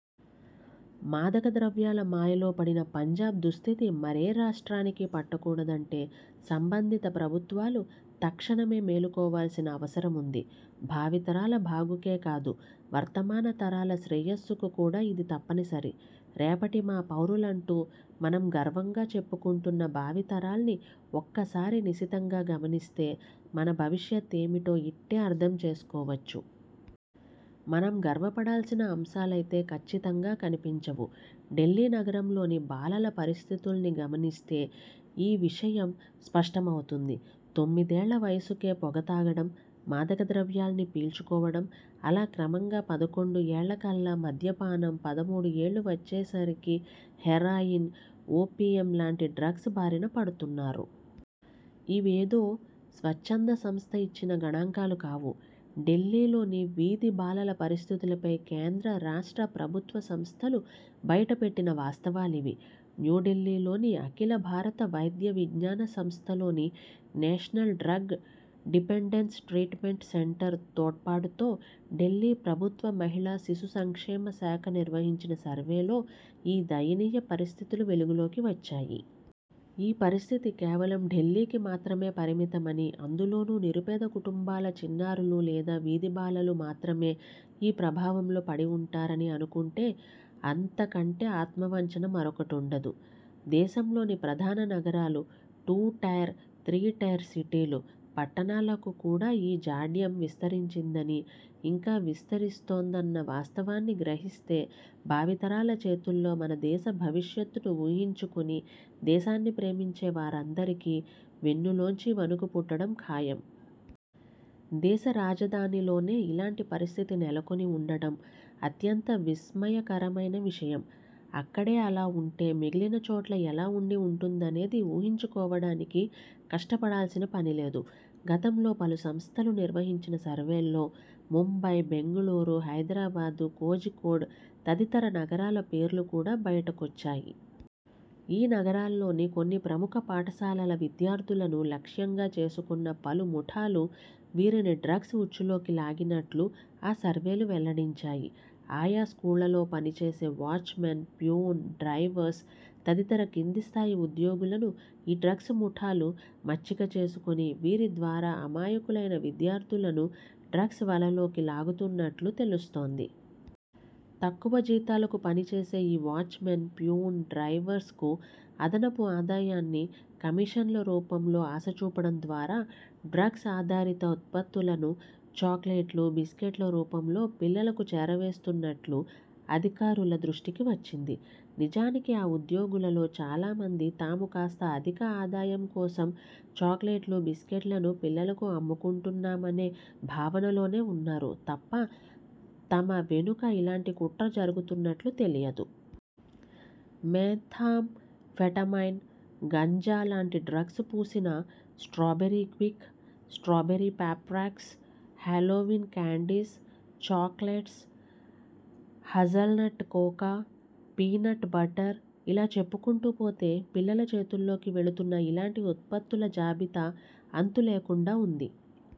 మాదక ద్రవ్యాల మాయలో పడిన పంజాబ్ దుస్థితి మరే రాష్ట్రానికీ పట్టకూడదంటే సంబంధిత ప్రభుత్వాలు తక్షణమే మేలుకోవాల్సిన అవసరముంది. భావితరాల బాగుకే కాదు, వర్తమాన తరాల శ్రేయస్సుకు కూడా ఇది తప్పనిసరి. రేపటి మా పౌరులంటూ మనం గర్వంగా చెప్పుకుంటున్న భావితరాల్ని ఒక్కసారి నిశితంగా గమనిస్తే మన భవిష్యత్తేమిటో ఇట్టే అర్థం చేసుకోవచ్చు. మనం గర్వపడాల్సిన అంశాలైతే కచ్చితంగా కనిపించవు. ఢిల్లీ నగరంలోని బాలల పరిస్థితుల్ని గమనిస్తే ఈ విషయం స్పష్ట మవుతుంది. తొమ్మిదేళ్ళ వయసుకే పొగ తాగడం, మాదక ద్రవ్యాల్ని పీల్చుకోవడం, అలా క్రమంగా పదకొండు ఏళ్ళకల్లా మద్యపానం, పదమూడు ఏళ్ళు వచ్చే సరికి హెరాయిన్, ఓపీఎం లాంటి డ్రగ్స్ బారిన పడుతున్నారు. ఇవేదో స్వచ్ఛంద సంస్థ ఇచ్చిన గణాంకాలు కావు. ఢిల్లీలోని వీధి బాలల పరిస్థితులపై కేంద్ర, రాష్ట్ర ప్రభుత్వ సంస్థలు బయటపెట్టిన వాస్తవాలివి. న్యూఢిల్లీ లోని అఖిల భారత వైద్య విజ్ఞాన సంస్థ లోని national drug dependence treatment centre తోడ్పాటుతో ఢిల్లీ ప్రభుత్వ మహిళా శిశు సంక్షేమ శాఖ నిర్వహించిన సర్వేలో ఈ దయనీయ పరిస్థితులు వెలుగులోకి వచ్చాయి. ఈ పరిస్థితి కేవలం ఢిల్లీకి మాత్రమే పరిమిత మని, అందులోనూ నిరుపేద కుటుంబాల చిన్నారులు లేదా వీధి బాలలు మాత్రమే ఈ ప్రభావంలో పడి ఉంటారని అనుకుంటే అంత కంటే ఆత్మ వంచన మరొకటుండదు. దేశంలోని ప్రధాన నగరాలు, టూ టైర్, త్రీ టైర్ సిటీలు, పట్టణాలకు కూడా ఈ జాడ్యం విస్తరించిందని, ఇంకా విస్తరిస్తోందన్న వాస్తవాన్ని గ్రహిస్తేభావితరాల చేతుల్లో మన దేశ భవిష్యత్తును ఊహించుకుని దేశాన్ని ప్రేమించే వారందరికీ వెన్నులోంచి వణుకు పుట్టడం ఖాయం. దేశ రాజధానిలోనే ఇలాంటి పరిస్థితి నెలకొని ఉండటం అత్యంత విస్మయకరమైన విషయం. అక్కడే అలా ఉంటే మిగిలిన చోట్ల ఎలా ఉండి ఉంటుందనేది ఊహించుకోవడానికి కష్టపడాల్సిన పనిలేదు. గతంలో పలు సంస్థలు నిర్వహించిన సర్వేల్లో ముంబై, బెంగళూరు, హైదరాబాద్, కొజికోడ్ తదితర నగరాల పేర్లు కూడా బయటకొచ్చాయి. ఈ నగరాల్లోని కొన్ని ప్రముఖ పాఠశాలల విద్యార్థులను లక్ష్యంగా చేసుకున్న పలు ముఠాలు వీరిని డ్రగ్స్ ఉచ్చులోకి లాగినట్లు ఆ సర్వేలు వెల్లడించాయి. ఆయా స్కూళ్లలో పనిచేసే వాచ్మెన్, ప్యూన్స్, డ్రైవర్స్ తదితర కింది స్థాయి ఉద్యోగులను ఈ డ్రగ్స్ ముఠాలు మచ్చిక చేసుకుని వీరి ద్వారా అమాయకులైన విద్యార్థులను డ్రగ్స్ వలలోకి లాగుతున్నట్లు తెలుస్తోంది. తక్కువ జీతాలకు పనిచేసే ఈ వాచ్మెన్, ప్యూన్స్, డ్రైవర్స్కు అదనపు ఆదాయాన్ని కమిషన్ల రూపంలో ఆశచూపడం ద్వారా డ్రగ్స్ ఆధారిత ఉత్పత్తులను చాక్లెట్లు, బిస్కెట్ల రూపంలో పిల్లలకు చేరవేస్తున్నట్లు అధికారుల దృష్టికి వచ్చింది. నిజానికి ఆ ఉద్యోగులలో చాలా మంది తాము కాస్త అధిక ఆదాయం కోసం చాక్లెట్లు, బిస్కెట్లను పిల్లలకు అమ్ముకుంటున్నామనే భావనలోనే ఉన్నారు తప్ప తమ వెనుక ఇలాంటి కుట్ర జరుగుతున్నట్లు తెలియదు. మెథాంఫెటమైన్, గంజా లాంటి డ్రగ్స్ పూసిన strawberry quick, strawberry Pop Rocks, Halloween candies, chocolates, hazelnut cocoa, peanut butter ఇలా చెప్పుకుంటూ పోతే పిల్లల చేతుల్లోకి వెళుతున్న ఇలాంటి ఉత్పత్తుల జాబితా అంతు లేకుండా ఉంది.